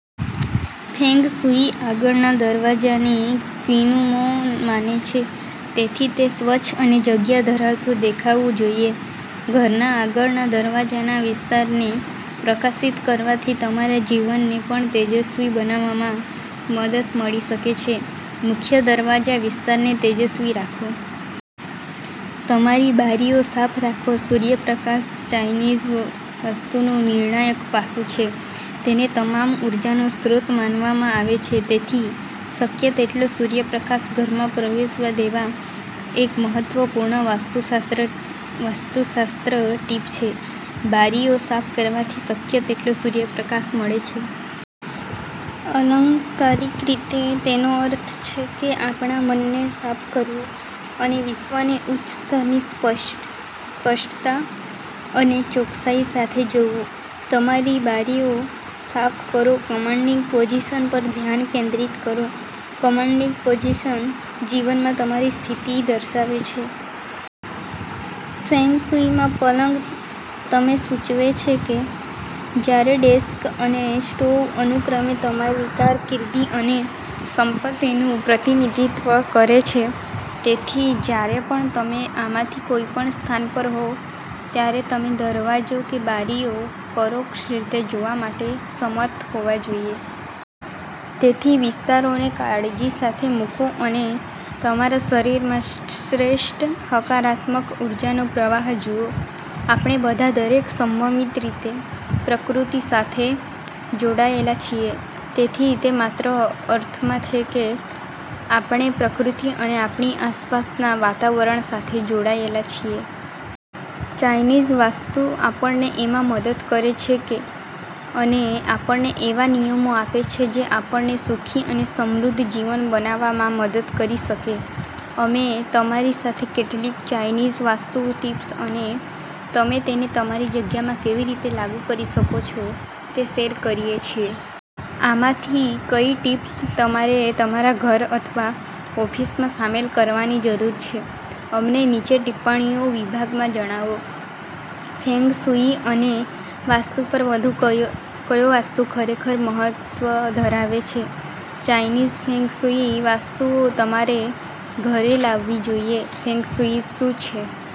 Feng shui આગળના દરવાજાને 'ક્વિનું મોં' માને છે. તેથી, તે સ્વચ્છ અને જગ્યા ધરાવતું દેખાવું જોઈએ. ઘરના આગળના દરવાજાના વિસ્તારને પ્રકાશિત કરવાથી તમારા જીવનને પણ તેજસ્વી બનાવવામાં મદદ મળી શકે છે. મુખ્ય દરવાજા વિસ્તારને તેજસ્વી રાખો. તમારી બારીઓ સાફ રાખો. સૂર્યપ્રકાશ ચાઇનીઝ વાસ્તુનું નિર્ણાયક પાસું છે. તેને તમામ ઉર્જાનો સ્ત્રોત માનવામાં આવે છે. તેથી, શક્ય તેટલો સૂર્યપ્રકાશ ઘરમાં પ્રવેશવા દેવા. એક મહત્વપૂર્ણ વાસ્તુશાસ્ત્ર ટિપ છે. બારીઓ સાફ કરવાથી શક્ય તેટલો સૂર્યપ્રકાશ મળે છે. અલંકારિક રીતે, તેનો અર્થ છે કે આપણા મનને સાફ કરવું અને વિશ્વને ઉચ્ચ સ્તરની સ્પષ્ટતા અને ચોકસાઇ સાથે જોવું. તમારી બારીઓ સાફ કરો. કમાન્ડિંગ પોઝિશન પર ધ્યાન કેન્દ્રિત કરો. કમાન્ડિંગ પોઝિશન જીવનમાં તમારી સ્થિતિ દર્શાવે છે. ફેંગશુઇમાં, પલંગ 'તમે' સૂચવે છે, જ્યારે ડેસ્ક અને સ્ટોવ અનુક્રમે તમારી કારકિર્દી અને સંપત્તિનું પ્રતિનિધિત્વ કરે છે. તેથી, જ્યારે પણ તમે આમાંથી કોઈપણ સ્થાન પર હોવ, ત્યારે તમેં દરવાજો કે બારીઓ પરોક્ષ રીતે જોવા માટે સમર્થ હોવા જોઈએ. તેથી, વિસ્તારોને કાળજી સાથે મૂકો અને તમારા શરીરમાં શ્રેષ્ઠ હકારાત્મક ઊર્જાનો પ્રવાહ જુઓ. આપણે બધા દરેક સંભવિત રીતે પ્રકૃતિ સાથે જોડાયેલા છીએ. તેથી, તે માત્ર અર્થમાં છે કે આપણે પ્રકૃતિ અને આપણી આસપાસના વાતાવરણ સાથે જોડાયેલા છીએ. ચાઈનીઝ વાસ્તુ આપણને એમાં મદદ કરે છે અને આપણને એવા નિયમો આપે છે જે આપણને સુખી અને સમૃદ્ધ જીવન બનાવવામાં મદદ કરી શકે.અમે તમારી સાથે કેટલીક ચાઈનીઝ વાસ્તુ ટીપ્સ અને તમે તેને તમારી જગ્યામાં કેવી રીતે લાગુ કરી શકો છો તે શેર કરીએ છીએ. આમાંથી કઈ ટીપ્સ તમારે તમારા ઘર અથવા ઓફિસમાં સામેલ કરવાની જરૂર છે? અમને નીચે ટિપ્પણીઓ વિભાગમાં જણાવો. ફેંગશુઇ અને વાસ્તુ પર વધુ કયો વાસ્તુ ખરેખર મહત્વ ધરાવે છે? ચાઇનીઝ ફેંગ શુઇ વાસ્તુઓ તમારે ઘરે લાવવી જોઈએ? ફેંગ શુઇ શું છે?